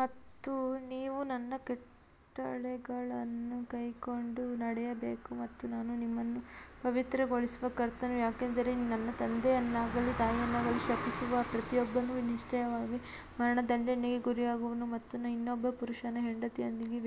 ಮತ್ತು ನೀವು ನನ್ನ ಕಟ್ಟಳೆಗಳನ್ನು ಕೈಕೊಂಡು ನಡೆಯಬೇಕು ಮತ್ತು ನಾನು ನಿಮ್ಮನ್ನು ಪವಿತ್ರಗೊಳಿಸುವ ಕರ್ತನು ಯಾಕಂದರೆ ತನ್ನ ತಂದೆಯನ್ನಾಗಲಿ ತಾಯಿಯನ್ನಾಗಲಿ ಶಪಿಸುವ ಪ್ರತಿಯೊಬ್ಬನು ನಿಶ್ಚಯವಾಗಿ ಮರಣದಂಡನೆಗೆ ಗುರಿಯಾಗುವನು ಮತ್ತು ಇನ್ನೊಬ್ಬ ಪುರುಷನ ಹೆಂಡತಿಯೊಂದಿಗೆ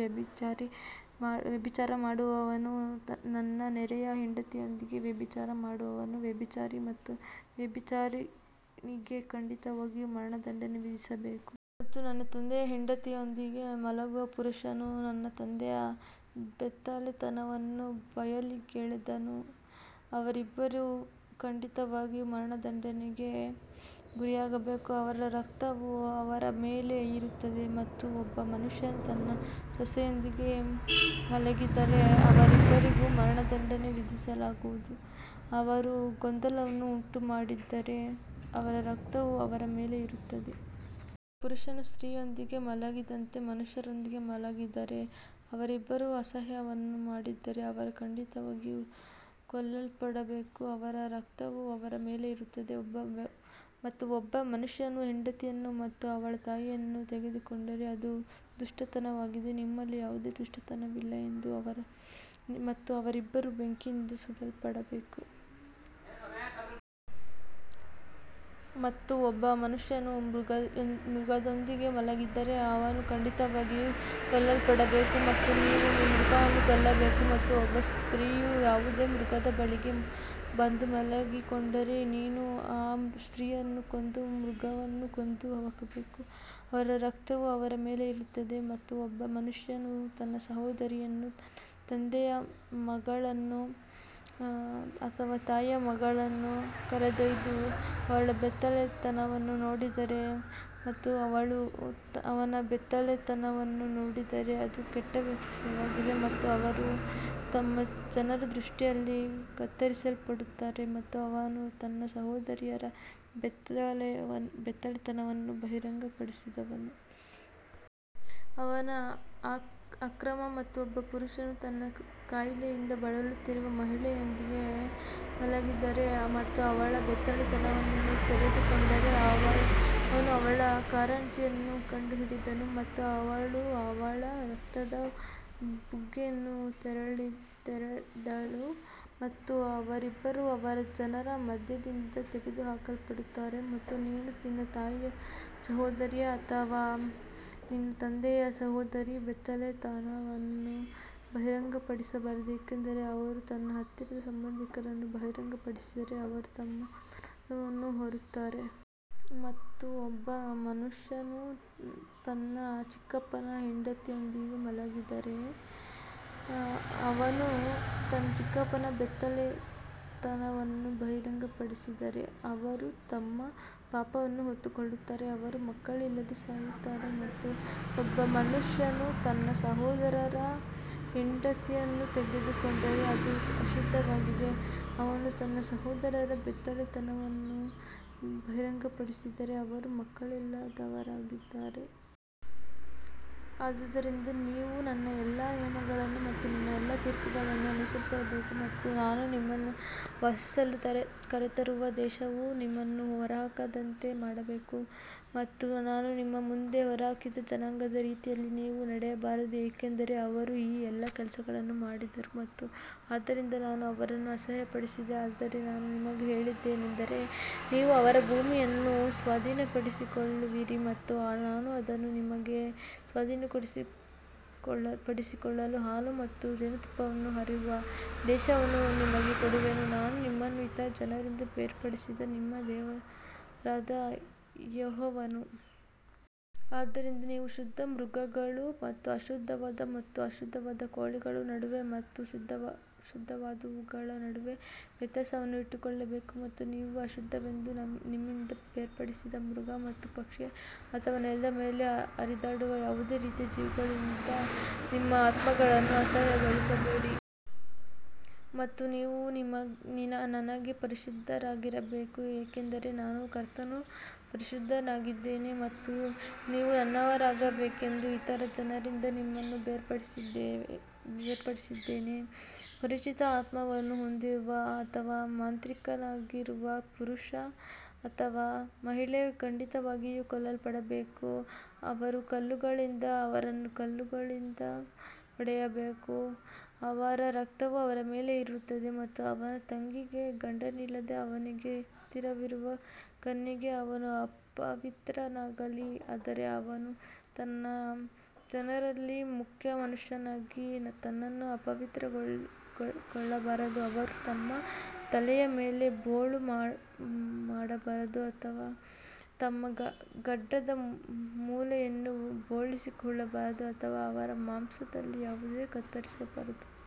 ವ್ಯಭಿಚಾರ ಮಾಡುವವನು ತನ್ನ ನೆರೆಯ ಹೆಂಡತಿಯೊಂದಿಗೆ ವ್ಯಭಿಚಾರ ಮಾಡುವವನು ವ್ಯಭಿಚಾರಿ ಮತ್ತು ವ್ಯಭಿಚಾರಿಣಿಗೆ ಖಂಡಿತವಾಗಿಯೂ ಮರಣದಂಡನೆ ವಿಧಿಸಬೇಕು. ಮತ್ತು ತನ್ನ ತಂದೆಯ ಹೆಂಡತಿಯೊಂದಿಗೆ ಮಲಗುವ ಪುರುಷನು ತನ್ನ ತಂದೆಯ ಬೆತ್ತಲೆತನವನ್ನು ಬಯಲಿಗೆಳೆದನು, ಅವರಿಬ್ಬರೂ ಖಂಡಿತವಾಗಿಯೂ ಮರಣದಂಡನೆಗೆ ಗುರಿಯಾಗಬೇಕು ಅವರ ರಕ್ತವು ಅವರ ಮೇಲೆ ಇರುತ್ತದೆ. ಮತ್ತು ಒಬ್ಬ ಮನುಷ್ಯನು ತನ್ನ ಸೊಸೆಯೊಂದಿಗೆ ಮಲಗಿದರೆ ಅವರಿಬ್ಬರಿಗೂ ಮರಣದಂಡನೆ ವಿಧಿಸಲಾಗುವುದು, ಅವರು ಗೊಂದಲವನ್ನು ಉಂಟುಮಾಡಿದ್ದಾರೆ ಅವರ ರಕ್ತವು ಅವರ ಮೇಲೆ ಇರುತ್ತದೆ. ಒಬ್ಬ ಪುರುಷನು ಸ್ತ್ರೀಯೊಂದಿಗೆ ಮಲಗಿದಂತೆ ಮನುಷ್ಯರೊಂದಿಗೆ ಮಲಗಿದರೆ ಅವರಿಬ್ಬರೂ ಅಸಹ್ಯವನ್ನು ಮಾಡಿದ್ದರೆ ಅವರು ಖಂಡಿತವಾಗಿಯೂ ಕೊಲ್ಲಲ್ಪಡಬೇಕು ಅವರ ರಕ್ತವು ಅವರ ಮೇಲೆ ಇರುತ್ತದೆ. ಮತ್ತು ಒಬ್ಬ ಮನುಷ್ಯನು ಹೆಂಡತಿಯನ್ನು ಮತ್ತು ಅವಳ ತಾಯಿಯನ್ನು ತೆಗೆದುಕೊಂಡರೆ ಅದು ದುಷ್ಟತನವಾಗಿದೆ, ನಿಮ್ಮಲ್ಲಿ ಯಾವುದೇ ದುಷ್ಟತನವಿಲ್ಲ ಎಂದು ಅವರು ಮತ್ತು ಅವರಿಬ್ಬರೂ ಬೆಂಕಿಯಿಂದ ಸುಡಲ್ಪಡಬೇಕು. ಮತ್ತು ಒಬ್ಬ ಮನುಷ್ಯನು ಮೃಗದೊಂದಿಗೆ ಮಲಗಿದರೆ ಅವನು ಖಂಡಿತವಾಗಿಯೂ ಕೊಲ್ಲಲ್ಪಡಬೇಕು ಮತ್ತು ನೀವು ಮೃಗವನ್ನು ಕೊಲ್ಲಬೇಕು. ಮತ್ತು ಒಬ್ಬ ಸ್ತ್ರೀಯು ಯಾವುದೇ ಮೃಗದ ಬಳಿಗೆ ಬಂದು ಮಲಗಿಕೊಂಡರೆ ನೀನು ಆ ಸ್ತ್ರೀಯನ್ನು ಕೊಂದು ಮೃಗವನ್ನು ಕೊಂದು ಹಾಕಬೇಕು, ಅವರ ರಕ್ತವು ಅವರ ಮೇಲೆ ಇರುತ್ತದೆ. ಮತ್ತು ಒಬ್ಬ ಮನುಷ್ಯನು ತನ್ನ ಸಹೋದರಿಯನ್ನು ತನ್ನ ತಂದೆಯ ಮಗಳನ್ನು ಅಥವಾ ತಾಯಿಯ ಮಗಳನ್ನು ಕರೆದೊಯ್ದು ಅವಳ ಬೆತ್ತಲೆತನವನ್ನು ನೋಡಿದರೆ ಮತ್ತು ಅವಳು ಅವನ ಬೆತ್ತಲೆತನವನ್ನು ನೋಡಿದರೆ ಅದು ಕೆಟ್ಟ ವಿಷಯವಾಗಿದೆ ಮತ್ತು ಅವರು ತಮ್ಮ ಜನರ ದೃಷ್ಟಿಯಲ್ಲಿ ಕತ್ತರಿಸಲ್ಪಡುತ್ತಾರೆ ಮತ್ತು ಅವನು ತನ್ನ ಸಹೋದರಿಯರ ಬೆತ್ತಲೆತನವನ್ನು ಬಹಿರಂಗಪಡಿಸಿದನು. ಅವನ ಅಕ್ರಮ ಮತ್ತು ಒಬ್ಬ ಪುರುಷನು ತನ್ನ ಕಾಯಿಲೆಯಿಂದ ಬಳಲುತ್ತಿರುವ ಮಹಿಳೆಯೊಂದಿಗೆ ಮಲಗಿದರೆ ಮತ್ತು ಅವಳ ಬೆತ್ತಲೆತನವನ್ನು ತೆರೆದುಕೊಂಡರೆ ಅವನು ಅವಳ ಕಾರಂಜಿಯನ್ನು ಕಂಡುಹಿಡಿದನು ಮತ್ತು ಅವಳು ಅವಳ ರಕ್ತದ ಬುಗ್ಗೆಯನ್ನು ತೆರೆದಳು ಮತ್ತು ಅವರಿಬ್ಬರೂ ಅವರ ಜನರ ಮಧ್ಯದಿಂದ ತೆಗೆದುಹಾಕಲ್ಪಡುತ್ತಾರೆ. ಮತ್ತು ನೀನು ನಿನ್ನ ತಾಯಿಯ ಸಹೋದರಿಯ ಅಥವಾ ನಿನ್ನ ತಂದೆಯ ಸಹೋದರಿಯ ಬೆತ್ತಲೆತನವನ್ನು ಬಹಿರಂಗಪಡಿಸಬಾರದು ಏಕೆಂದರೆ ಅವನು ತನ್ನ ಹತ್ತಿರದ ಸಂಬಂಧಿಕರನ್ನು ಬಹಿರಂಗಪಡಿಸಿದರೆ ಅವರು ತಮ್ಮ ಅಪರಾಧವನ್ನು ಹೊರುತ್ತಾರೆ. ಮತ್ತು ಒಬ್ಬ ಮನುಷ್ಯನು ತನ್ನ ಚಿಕ್ಕಪ್ಪನ ಹೆಂಡತಿಯೊಂದಿಗೆ ಮಲಗಿದರೆ ಅವನು ತನ್ನ ಚಿಕ್ಕಪ್ಪನ ಬೆತ್ತಲೆತನವನ್ನು ಬಹಿರಂಗಪಡಿಸಿದರೆ ಅವರು ತಮ್ಮ ಪಾಪವನ್ನು ಹೊತ್ತುಕೊಳ್ಳುತ್ತಾರೆ ಅವರು ಮಕ್ಕಳಿಲ್ಲದೆ ಸಾಯುತ್ತಾರೆ. ಮತ್ತು ಒಬ್ಬ ಮನುಷ್ಯನು ತನ್ನ ಸಹೋದರರ ಹೆಂಡತಿಯನ್ನು ತೆಗೆದುಕೊಂಡರೆ ಅದು ಅಶುದ್ಧವಾಗಿದೆ, ಅವನು ತನ್ನ ಸಹೋದರರ ಬೆತ್ತಲೆತನವನ್ನು ಬಹಿರಂಗಪಡಿಸಿದರೆ ಅವರು ಮಕ್ಕಳಿಲ್ಲದವರಾಗಿದ್ದಾರೆ. ಆದುದರಿಂದ ನೀವು ನನ್ನ ಎಲ್ಲಾ ನಿಯಮಗಳನ್ನು ಮತ್ತು ನನ್ನ ಎಲ್ಲಾ ತೀರ್ಪುಗಳನ್ನು ಅನುಸರಿಸಬೇಕು ಮತ್ತು ನಾನು ನಿಮ್ಮನ್ನು ವಾಸಿಸಲು ಕರೆತರುವ ದೇಶವು ನಿಮ್ಮನ್ನು ಹೊರಹಾಕದಂತೆ ಮಾಡಬೇಕು. ಮತ್ತು ನಾನು ನಿಮ್ಮ ಮುಂದೆ ಹೊರಹಾಕಿದ ಜನಾಂಗದ ರೀತಿಯಲ್ಲಿ ನೀವು ನಡೆಯಬಾರದು, ಏಕೆಂದರೆ ಅವರು ಈ ಎಲ್ಲಾ ಕೆಲಸಗಳನ್ನು ಮಾಡಿದರು ಮತ್ತು ಆದ್ದರಿಂದ ನಾನು ಅವರನ್ನು ಅಸಹ್ಯಪಡಿಸಿದೆ ಆದರೆ ನಾನು ನಿಮಗೆ ಹೇಳಿದ್ದೇನೆಂದರೆ ನೀವು ಅವರ ಭೂಮಿಯನ್ನು ಸ್ವಾಧೀನಪಡಿಸಿಕೊಳ್ಳುವಿರಿ ಮತ್ತು ನಾನು ಅದನ್ನು ನಿಮಗೆ ಸ್ವಾಧೀನಪಡಿಸಿಕೊಳ್ಳಲು ಹಾಲು ಮತ್ತು ಜೇನುತುಪ್ಪವನ್ನು ಹರಿಯುವ ದೇಶವನ್ನು ನಿಮಗೆ ಕೊಡುವೆನು, ನಾನು ನಿಮ್ಮನ್ನು ಇತರ ಜನರಿಂದ ಬೇರ್ಪಡಿಸಿದ ನಿಮ್ಮ ದೇವರಾದ ಯೆಹೋವನು. ಆದ್ದರಿಂದ ನೀವು ಶುದ್ಧ ಮೃಗಗಳು ಮತ್ತು ಅಶುದ್ಧವಾದ ಮತ್ತು ಅಶುದ್ಧವಾದ ಕೋಳಿಗಳ ನಡುವೆ ಮತ್ತು ಶುದ್ಧವಾದವುಗಳ ನಡುವೆ ವ್ಯತ್ಯಾಸವನ್ನು ಇಟ್ಟುಕೊಳ್ಳಬೇಕು ಮತ್ತು ನೀವು ಅಶುದ್ಧವೆಂದು ನಿಮ್ಮಿಂದ ಬೇರ್ಪಡಿಸಿದ ಮೃಗ ಅಥವಾ ಪಕ್ಷಿ ಅಥವಾ ನೆಲದ ಮೇಲೆ ಹರಿದಾಡುವ ಯಾವುದೇ ರೀತಿಯ ಜೀವಿಗಳಿಂದ ನಿಮ್ಮ ಆತ್ಮಗಳನ್ನು ಅಸಹ್ಯಗೊಳಿಸಬೇಡಿ. ಮತ್ತು ನೀವು ನನಗೆ ಪರಿಶುದ್ಧರಾಗಿರಬೇಕು ಏಕೆಂದರೆ ನಾನು ಕರ್ತನು ಪರಿಶುದ್ಧನಾಗಿದ್ದೇನೆ ಮತ್ತು ನೀವು ನನ್ನವರಾಗಬೇಕೆಂದು ಇತರ ಜನರಿಂದ ನಿಮ್ಮನ್ನು ಬೇರ್ಪಡಿಸಿದ್ದೇನೆ. ಪರಿಚಿತ ಆತ್ಮವನ್ನು ಹೊಂದಿರುವ ಅಥವಾ ಮಾಂತ್ರಿಕನಾಗಿರುವ ಪುರುಷ ಅಥವಾ ಮಹಿಳೆ ಖಂಡಿತವಾಗಿಯೂ ಕೊಲ್ಲಲ್ಪಡಬೇಕು ಅವರು ಕಲ್ಲುಗಳಿಂದ ಅವರನ್ನು ಕಲ್ಲುಗಳಿಂದ ಹೊಡೆಯಬೇಕು ಅವರ ರಕ್ತವು ಅವರ ಮೇಲೆ ಇರುತ್ತದೆ ಮತ್ತು ಅವನ ತಂಗಿಗೆ ಗಂಡನಿಲ್ಲದ ಅವನಿಗೆ ಹತ್ತಿರವಿರುವ ಕನ್ಯೆಗೆ ಅವನು ಅಪವಿತ್ರನಾಗಲಿ ಆದರೆ ಅವನು ತನ್ನ ಜನರಲ್ಲಿ ಮುಖ್ಯ ಮನುಷ್ಯನಾಗಿ ತನ್ನನ್ನು ಅಪವಿತ್ರಗೊಳಿಸಿಕೊಳ್ಳಬಾರದು ಅವರು ತಮ್ಮ ತಲೆಯ ಮೇಲೆ ಬೋಳು ಮಾಡಬಾರದು ಅಥವಾ ತಮ್ಮ ಗಡ್ಡದ ಮೂಲೆಯನ್ನು ಬೋಳಿಸಿಕೊಳ್ಳಬಾರದು ಅಥವಾ ಅವರ ಮಾಂಸದಲ್ಲಿ ಯಾವುದೇ ಕತ್ತರಿಸಬಾರದು.